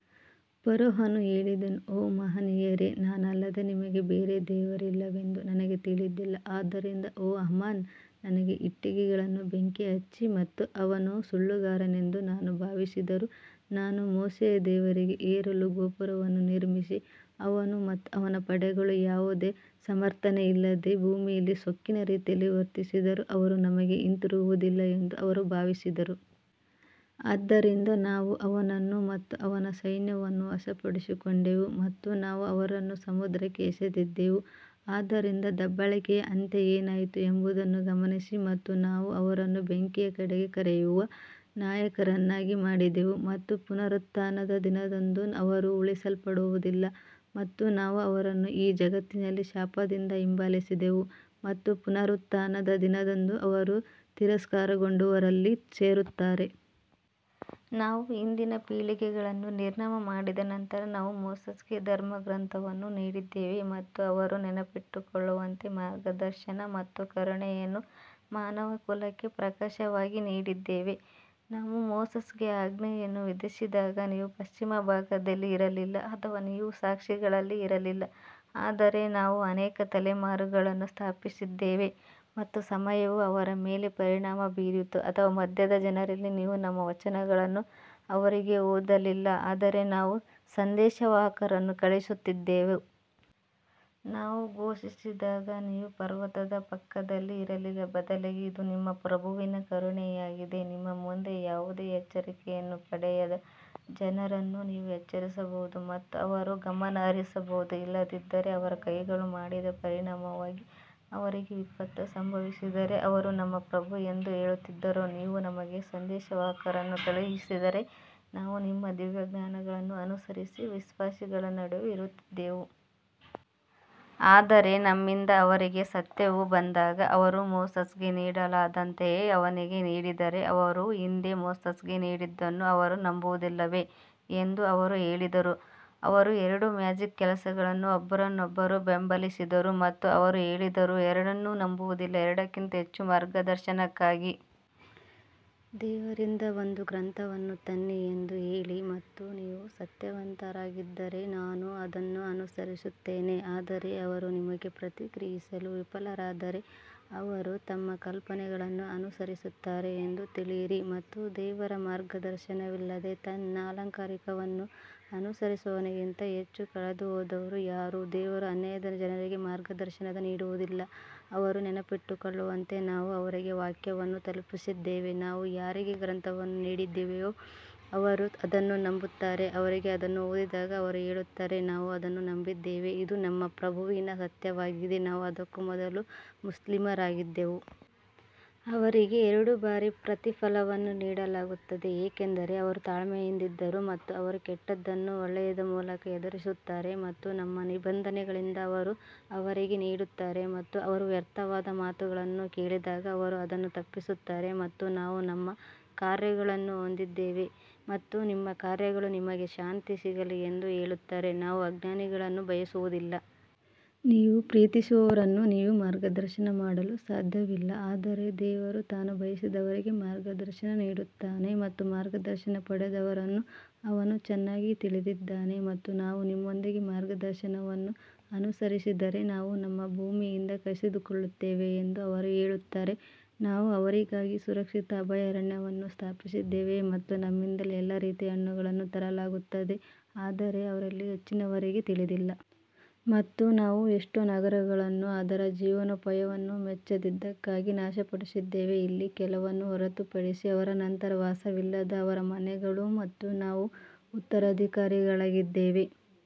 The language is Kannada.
ಫರೋಹನು ಹೇಳಿದನು ಓ ಮಹನೀಯರೇ, ನಾನಲ್ಲದೆ ನಿಮಗೆ ಬೇರೆ ದೇವರಿಲ್ಲವೆಂದು ನನಗೆ ತಿಳಿದಿಲ್ಲ, ಆದ್ದರಿಂದ ಓ ಹಾಮಾನ್ ನನಗೆ ಇಟ್ಟಿಗೆಗಳನ್ನು ಬೆಂಕಿ ಹಚ್ಚಿ ಮತ್ತು ಅವನು ಸುಳ್ಳುಗಾರನೆಂದು ನಾನು ಭಾವಿಸಿದರೂ ನಾನು ಮೋಶೆಯ ದೇವರಿಗೆ ಏರಲು ಗೋಪುರವನ್ನು ನಿರ್ಮಿಸಿ ಅವನು ಮತ್ತು ಅವನ ಪಡೆಗಳು ಯಾವುದೇ ಸಮರ್ಥನೆಯಿಲ್ಲದೆ ಭೂಮಿಯಲ್ಲಿ ಸೊಕ್ಕಿನ ರೀತಿಯಲ್ಲಿ ವರ್ತಿಸಿದರು, ಅವರು ನಮಗೆ ಹಿಂತಿರುಗುವುದಿಲ್ಲ ಎಂದು ಅವರು ಭಾವಿಸಿದರು. ಆದ್ದರಿಂದ ನಾವು ಅವನನ್ನು ಮತ್ತು ಅವನ ಸೈನ್ಯವನ್ನು ವಶಪಡಿಸಿಕೊಂಡೆವು ಮತ್ತು ನಾವು ಅವರನ್ನು ಸಮುದ್ರಕ್ಕೆ ಎಸೆದಿದ್ದೇವೆ ಆದ್ದರಿಂದ ದಬ್ಬಾಳಿಕೆಯ ಅಂತ್ಯ ಏನಾಯಿತು ಎಂಬುದನ್ನು ಗಮನಿಸಿ ಮತ್ತು ನಾವು ಅವರನ್ನು ಬೆಂಕಿಯ ಕಡೆಗೆ ಕರೆಯುವ ನಾಯಕರನ್ನಾಗಿ ಮಾಡಿದೆವು ಮತ್ತು ಪುನರುತ್ಥಾನದ ದಿನದಂದು ಅವರು ಉಳಿಸಲ್ಪಡುವುದಿಲ್ಲ ಮತ್ತು ನಾವು ಅವರನ್ನು ಈ ಜಗತ್ತಿನಲ್ಲಿ ಶಾಪದಿಂದ ಹಿಂಬಾಲಿಸಿದೆವು ಮತ್ತು ಪುನರುತ್ಥಾನದ ದಿನದಂದು ಅವರು ತಿರಸ್ಕಾರಗೊಂಡವರಲ್ಲಿ ಸೇರುತ್ತಾರೆ. ನಾವು ಹಿಂದಿನ ಪೀಳಿಗೆಗಳನ್ನು ನಿರ್ನಾಮ ಮಾಡಿದ ನಂತರ ನಾವು ಮೋಸೆಸ್ಗೆ ಧರ್ಮಗ್ರಂಥವನ್ನು ನೀಡಿದ್ದೇವೆ ಮತ್ತು ಅವರು ನೆನಪಿಟ್ಟುಕೊಳ್ಳುವಂತೆ ಮಾರ್ಗದರ್ಶನ ಮತ್ತು ಕರುಣೆಯನ್ನು ಮಾನವಕುಲಕ್ಕೆ ಪ್ರಕಾಶವಾಗಿ ನೀಡಿದ್ದೇವೆ. ನಾವು ಮೋಸೆಸ್ಗೆ ಆಜ್ಞೆಯನ್ನು ವಿಧಿಸಿದಾಗ ನೀವು ಪಶ್ಚಿಮ ಭಾಗದಲ್ಲಿ ಇರಲಿಲ್ಲ ಅಥವಾ ನೀವು ಸಾಕ್ಷಿಗಳಲ್ಲಿ ಇರಲಿಲ್ಲ ಆದರೆ ನಾವು ಅನೇಕ ತಲೆಮಾರುಗಳನ್ನು ಸ್ಥಾಪಿಸಿದ್ದೇವೆ ಮತ್ತು ಸಮಯವು ಅವರ ಮೇಲೆ ಪರಿಣಾಮ ಬೀರಿತು ಅಥವಾ ಮಧ್ಯದ ಜನರಲ್ಲಿ ನೀವು ನಮ್ಮ ವಚನಗಳನ್ನು ಅವರಿಗೆ ಓದಲಿಲ್ಲ ಆದರೆ ನಾವು ಸಂದೇಶವಾಹಕರನ್ನು ಕಳುಹಿಸುತ್ತಿದ್ದೆವು. ನಾವು ಘೋಷಿಸಿದಾಗ ನೀವು ಪರ್ವತದ ಪಕ್ಕದಲ್ಲಿ ಇರಲಿಲ್ಲ, ಬದಲಿಗೆ ಇದು ನಿಮ್ಮ ಪ್ರಭುವಿನ ಕರುಣೆಯಾಗಿದೆ, ನಿಮ್ಮ ಮುಂದೆ ಯಾವುದೇ ಎಚ್ಚರಿಕೆಯನ್ನು ಪಡೆಯದ ಜನರನ್ನು ನೀವು ಎಚ್ಚರಿಸಬಹುದು ಮತ್ತು ಅವರು ಗಮನಹರಿಸಬಹುದು. ಇಲ್ಲದಿದ್ದರೆ ಅವರ ಕೈಗಳು ಮಾಡಿದ ಪರಿಣಾಮವಾಗಿ ಅವರಿಗೆ ವಿಪತ್ತು ಸಂಭವಿಸಿದರೆ ಅವರು ನಮ್ಮ ಪ್ರಭು ಎಂದು ಹೇಳುತ್ತಿದ್ದರು, ನೀವು ನಮಗೆ ಸಂದೇಶವಾಹಕರನ್ನು ಕಳುಹಿಸಿದ್ದರೆ ನಾವು ನಿಮ್ಮ ದಿವ್ಯಜ್ಞಾನಗಳನ್ನು ಅನುಸರಿಸಿ ವಿಶ್ವಾಸಿಗಳ ನಡುವೆ ಇರುತ್ತಿದ್ದೆವು. ಆದರೆ ನಮ್ಮಿಂದ ಅವರಿಗೆ ಸತ್ಯವು ಬಂದಾಗ ಅವರು ಮೋಸೆಸ್ಗೆ ನೀಡಲಾದಂತೆಯೇ ಅವನಿಗೆ ನೀಡಿದರೆ ಅವರು ಹಿಂದೆ ಮೋಸೆಸ್ಗೆ ನೀಡಿದ್ದನ್ನು ಅವರು ನಂಬುವುದಿಲ್ಲವೇ ಎಂದು ಅವರು ಹೇಳಿದರು ಅವರು ಎರಡು ಮ್ಯಾಜಿಕ್ ಕೆಲಸಗಳನ್ನು ಒಬ್ಬರನ್ನೊಬ್ಬರು ಬೆಂಬಲಿಸಿದರು ಮತ್ತು ಅವರು ಹೇಳಿದರು. ಎರಡನ್ನೂ ನಂಬುವುದಿಲ್ಲ ಎರಡಕ್ಕಿಂತ ಹೆಚ್ಚು ಮಾರ್ಗದರ್ಶನಕ್ಕಾಗಿ ದೇವರಿಂದ ಒಂದು ಗ್ರಂಥವನ್ನು ತನ್ನಿ ಎಂದು ಹೇಳಿ ಮತ್ತು ನೀವು ಸತ್ಯವಂತರಾಗಿದ್ದರೆ ನಾನು ಅದನ್ನು ಅನುಸರಿಸುತ್ತೇನೆ ಆದರೆ ಅವರು ನಿಮಗೆ ಪ್ರತಿಕ್ರಿಯಿಸಲು ವಿಫಲರಾದರೆ ಅವರು ತಮ್ಮ ಕಲ್ಪನೆಗಳನ್ನು ಅನುಸರಿಸುತ್ತಾರೆ ಎಂದು ತಿಳಿಯಿರಿ ಮತ್ತು ದೇವರ ಮಾರ್ಗದರ್ಶನವಿಲ್ಲದೆ ತನ್ನ ಅಲಂಕಾರಿಕವನ್ನು ಅನುಸರಿಸುವವನಿಗಿಂತ ಹೆಚ್ಚು ಕಳೆದುಹೋದವರು ಯಾರು ದೇವರು ಅನ್ಯಾಯದ ಜನರಿಗೆ ಮಾರ್ಗದರ್ಶನ ನೀಡುವುದಿಲ್ಲ ಅವರು ನೆನಪಿಟ್ಟುಕೊಳ್ಳುವಂತೆ ನಾವು ಅವರಿಗೆ ವಾಕ್ಯವನ್ನು ತಲುಪಿಸಿದ್ದೇವೆ ನಾವು ಯಾರಿಗೆ ಗ್ರಂಥವನ್ನು ನೀಡಿದ್ದೇವೆಯೋ ಅವರು ಅದನ್ನು ನಂಬುತ್ತಾರೆ ಅವರಿಗೆ ಅದನ್ನು ಓದಿದಾಗ ಅವರು ಹೇಳುತ್ತಾರೆ ನಾವು ಅದನ್ನು ನಂಬಿದ್ದೇವೆ ಇದು ನಮ್ಮ ಪ್ರಭುವಿನ ಸತ್ಯವಾಗಿದೆ ನಾವು ಅದಕ್ಕೂ ಮೊದಲು ಮುಸ್ಲಿಮರಾಗಿದ್ದೆವು. ಅವರಿಗೆ ಎರಡು ಬಾರಿ ಪ್ರತಿಫಲವನ್ನು ನೀಡಲಾಗುತ್ತದೆ ಏಕೆಂದರೆ ಅವರು ತಾಳ್ಮೆಯಿಂದಿದ್ದರು ಮತ್ತು ಅವರು ಕೆಟ್ಟದ್ದನ್ನು ಒಳ್ಳೆಯದ ಮೂಲಕ ಎದುರಿಸುತ್ತಾರೆ ಮತ್ತು ನಮ್ಮ ನಿಬಂಧನೆಗಳಿಂದ ಅವರು ಅವರಿಗೆ ನೀಡುತ್ತಾರೆ ಮತ್ತು ಅವರು ವ್ಯರ್ಥವಾದ ಮಾತುಗಳನ್ನು ಕೇಳಿದಾಗ ಅವರು ಅದನ್ನು ತಪ್ಪಿಸುತ್ತಾರೆ ಮತ್ತು ನಾವು ನಮ್ಮ ಕಾರ್ಯಗಳನ್ನು ಹೊಂದಿದ್ದೇವೆ ಮತ್ತು ನಿಮ್ಮ ಕಾರ್ಯಗಳು ನಿಮಗೆ ಶಾಂತಿ ಸಿಗಲಿ ಎಂದು ಹೇಳುತ್ತಾರೆ ನಾವು ಅಜ್ಞಾನಿಗಳನ್ನು ಬಯಸುವುದಿಲ್ಲ. ನೀವು ಪ್ರೀತಿಸುವವರನ್ನು ನೀವು ಮಾರ್ಗದರ್ಶನ ಮಾಡಲು ಸಾಧ್ಯವಿಲ್ಲ ಆದರೆ ದೇವರು ತಾನು ಬಯಸಿದವರಿಗೆ ಮಾರ್ಗದರ್ಶನ ನೀಡುತ್ತಾನೆ ಮತ್ತು ಮಾರ್ಗದರ್ಶನ ಪಡೆದವರನ್ನು ಅವನು ಚೆನ್ನಾಗಿ ತಿಳಿದಿದ್ದಾನೆ ಮತ್ತು ನಾವು ನಿಮ್ಮೊಂದಿಗೆ ಮಾರ್ಗದರ್ಶನವನ್ನು ಅನುಸರಿಸಿದರೆ ನಾವು ನಮ್ಮ ಭೂಮಿಯಿಂದ ಕಸಿದುಕೊಳ್ಳುತ್ತೇವೆ ಎಂದು ಅವರು ಹೇಳುತ್ತಾರೆ, ನಾವು ಅವರಿಗಾಗಿ ಸುರಕ್ಷಿತ ಅಭಯಾರಣ್ಯವನ್ನು ಸ್ಥಾಪಿಸಿದ್ದೇವೆಯೇ ಮತ್ತು ನಮ್ಮಿಂದಲೇ ಎಲ್ಲಾ ರೀತಿಯ ಹಣ್ಣುಗಳನ್ನು ತರಲಾಗುತ್ತದೆ ಆದರೆ ಅವರಲ್ಲಿ ಹೆಚ್ಚಿನವರಿಗೆ ತಿಳಿದಿಲ್ಲ. ಮತ್ತು ನಾವು ಎಷ್ಟು ನಗರಗಳನ್ನು ಅದರ ಜೀವನೋಪಾಯವನ್ನು ಮೆಚ್ಚದಿದ್ದಕ್ಕಾಗಿ ನಾಶಪಡಿಸಿದ್ದೇವೆ ಇಲ್ಲಿ ಕೆಲವನ್ನು ಹೊರತುಪಡಿಸಿ ಅವರ ನಂತರ ವಾಸವಿಲ್ಲದ ಅವರ ಮನೆಗಳು ಮತ್ತು ನಾವು ಉತ್ತರಾಧಿಕಾರಿಗಳಾಗಿದ್ದೇವೆ.